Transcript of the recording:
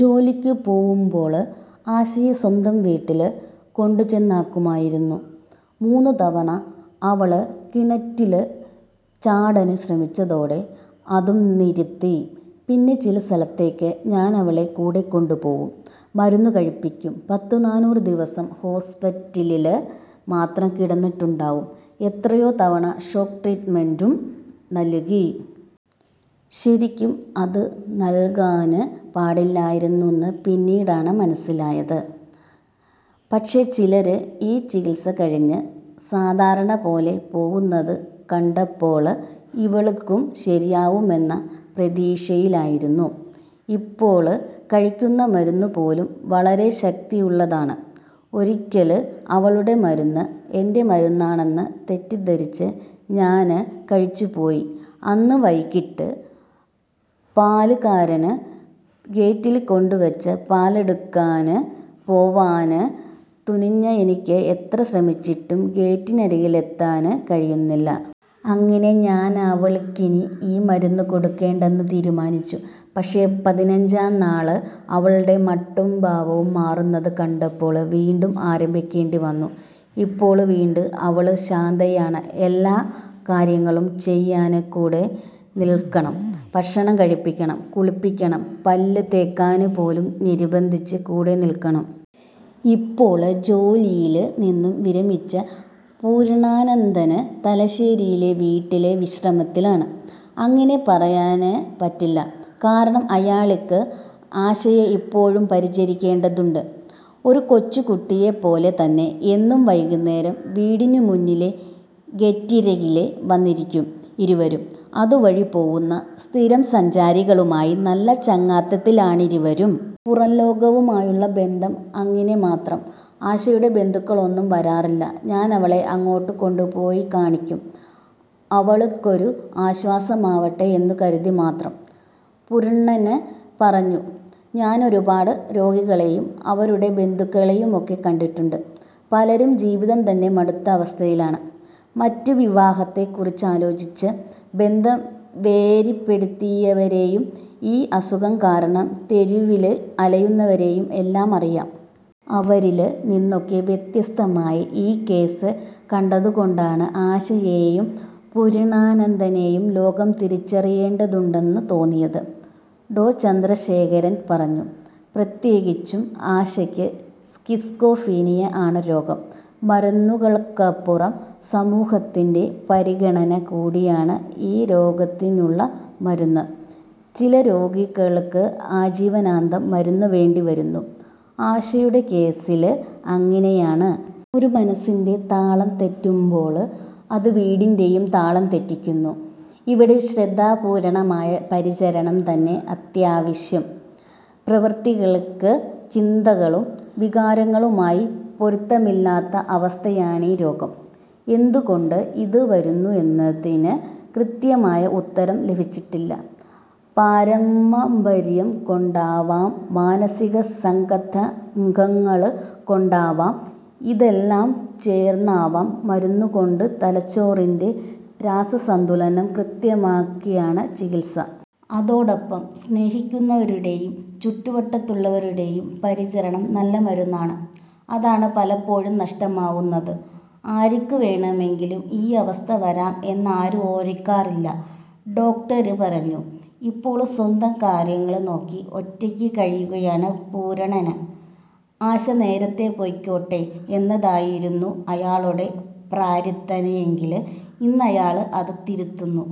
ജോലിക്കു പോവുമ്പോള് ആശയെ സ്വന്തം വീട്ടില് കൊണ്ടുചെന്നാക്കുമായിരുന്നു. മൂന്നു തവണ അവള് കിണറ്റില് ചാടാന് ശ്രമിച്ചതോടെ അതും നിര്ത്തി. പിന്നെ ചില സ്ഥലത്തേക്ക് ഞാനവളെ കൂടെ കൊണ്ടുപോവും. മരുന്ന് കഴിപ്പിക്കും. പത്ത് നാനൂറ് ദിവസം ഹോസ്പിറ്റലില് മാത്രം കിടന്നിട്ടുണ്ടാവും. എത്രയോ തവണ ഷോക്ക് ട്രീറ്റ് മെന്റും നല്കി. ശരിക്കും അത് നല്കാന് പാടില്ലായിരുന്നെന്ന് പിന്നീടാണ് മന്സിലായത്. പക്ഷെ ചിലര് ഈ ചികിത്സ കഴിഞ്ഞ് സാധാരണ പോലെ പോവുന്നത് കണ്ടപ്പോള് ഇവള്ക്കും ശരിയാവുമെന്ന പ്രതീക്ഷയിലായിരുന്നു. ഇപ്പോള് കഴിക്കുന്ന മരുന്നു പോലും വളരെ ശക്തിയുള്ളതാണ്. ഒരിക്കല് അവളുടെ മരുന്ന് എന്റെ മരുന്നാണെന്ന് തെറ്റിദ്ധരിച്ച് ഞാന് കഴിച്ചുപോയി. അന്ന വൈകീട്ട് പാല്ക്കാരന് ഗേറ്റില് കൊണ്ടുവെച്ച പാലെടുക്കാന് പോവാന് തുനിഞ്ഞ എനിക്ക് എത്ര ശ്രമിച്ചിട്ടും ഗേറ്റിനരികിലെത്താന് കഴിയുന്നില്ല. അങ്ങിനെ ഞാന് അവള്ക്കിനി ഈ മരുന്ന് കൊടുക്കേണ്ടെന്നു തീരുമാനിച്ചു. പക്ഷെ പതിനഞ്ചാം നാള് അവളുടെ മട്ടും ഭാവവും മാറുന്നത് കണ്ടപ്പോള് വീണ്ടും ആരംഭിക്കേണ്ടി വന്നു. ഇപ്പോള് വീണ്ടും അവള് ശാന്തായാണ്. എല്ലാ കാര്യങ്ങളും ചെയ്യാന് കൂടെ നില്ക്കണം. ഭക്ഷണം കഴിപ്പിക്കണം. കുളിപ്പിക്കണം. പല്ലു തേക്കാന് പോലും നിര്ബ്ബന്ധിച്ച് കൂടെ നില്ക്കണം. ഇപ്പോള് ജോലിയില് നിന്നും വിരമിച്ച പൂര്ണ്ണാനന്ദന് തലശ്ശേരിയിലെ വീട്ടില് വിശ്രമത്തിലാണ്. അങ്ങിനെ പറയാന് പറ്റില്ല. കാരണം അയാള്ക്ക് ആശയെ ഇപ്പോഴും പരിചരിക്കേണ്ടതുണ്ട്. ഒരു കൊച്ചുകുട്ടിയെ പോലെ തന്നെ. എന്നും വൈകുന്നേരം വീടിനു മുന്നിലെ ഗേറ്റിരകില് വന്നിരിക്കും ഇരുവരും. അതുവഴി പോവുന്ന സ്ഥിരം സഞ്ചാരികളുമായി നല്ല ചങ്ങാത്തത്തിലാണിരുവരും. പുറംലോകവുമായുള്ള ബന്ധം അങ്ങിനെ മാത്രം. ആശയുടെ ബന്ധുക്കളൊന്നും വരാറില്ല. ഞാനവളെ അങ്ങോട്ട് കൊണ്ടുോപയി കാണിക്കും. അവള്ക്കൊരു ആശ്വാസമാവട്ടെ എന്നു കരുതി മാത്രം. പൂര്ണ്ണന് പറഞ്ഞു. ഞാന് ഒരുപാട് രോഗികളേയും അവരുടെ ബന്ധുക്കളേയുമൊക്കെ കണ്ടിട്ടുണ്ട്. പലരും ജീവിതം തന്നെ മടുത്ത അവസ്ഥയിലാണ്. മറ്റ് വിവാഹത്തെ കുറിച്ചാലോചിച്ച് ബന്ധം വേര്പെടുത്തിയവരേയും ഈ അസുഖം കാരണം തെരുവില് അലയുന്നവരേയും എല്ലാം അറിയാം. അവരില് നിന്നൊക്കെ വ്യത്യസ്തമായി ഈ കേസ് കണ്ടതുകൊണ്ടാണ് ആശയേയും പൂര്ണ്ണാനന്ദനേയും ലോകം തിരിച്ചറിയേണ്ടതുണ്ടെന്നു തോന്നിയത്. ഡോ ചന്ദ്രശേഖരന് പറഞ്ഞു. പ്രത്യേകിച്ചും ആശയ്ക്ക് സ്കിസോഫ്രീനിയ ആണ് രോഗം. മരുന്നുകള്ക്കപ്പുറം സമൂഹത്തിന്റെ പരിഗണന കൂടിയാണ് ഈ രോഗത്തിനുള്ള മരുന്ന്. ചില രോഗികള്ക്ക് ആജീവനാന്തം മരുന്നു വേണ്ടി വരുന്നു. ആശയുടെ കേസില് അങ്ങിനെയാണ്. ഒരു മനസ്സിന്റെ താളം തെറ്റുമ്പോള് അത് വീടിന്റെയും താളം തെറ്റിക്കുന്നു. ഇവിടെ ശ്രദ്ധാപൂര്ണമായ പരിചരണം തന്നെ അത്യാവശ്യം. പ്രവൃത്തികള്ക്ക് ചിന്തകളും വികാരങ്ങളുമായി പൊരുത്തമില്ലാത്ത അവസ്ഥയാണീ രോഗം. എന്തുകൊണ്ട് ഇതു വരുന്നു എന്നതിന് കൃത്യമായ ഉത്തരം ലഭിച്ചിട്ടില്ല. പാരമമ്പര്യം കൊണ്ടാവാം, മാനസിക സംഘര്ഘങ്ങള് കൊണ്ടാവാം, ഇതെല്ലാം ചേര്ന്നാവാം. മരുന്നു കൊണ്ട് തലച്ചോറിന്റെ രാസസംതുലനം കൃത്യമാക്കിയാണ് ചികിത്സ. അതോടൊപ്പം സ്നേഹിക്കുന്നവരുടെയും ചുറ്റുവട്ടത്തുള്ളവരുടെയും പരിചരണം നല്ല മരുന്നാണ്. അതാണ് പലപ്പോഴും നഷ്ടമാവുന്നത്. ആര്ക്കു വേണമെങ്കിലും ഈ അവസ്ഥ വരാം എന്നാരും ഓര്ക്കാറില്ല. ഡോക്ടര് പറഞ്ഞു. ഇപ്പോള് സ്വന്തം കാര്യങ്ങള് നോക്കി ഒറ്റയ്ക്ക് കഴിയുകയാണ് പൂര്ണന്. ആശ നേരത്തെ പോയ്ക്കോട്ടെ എന്നതായിരുന്നു അയാളുടെ പ്രാര്ഥനയെങ്കില് ഇന്നയാള് അത് തിരുത്തുന്നു.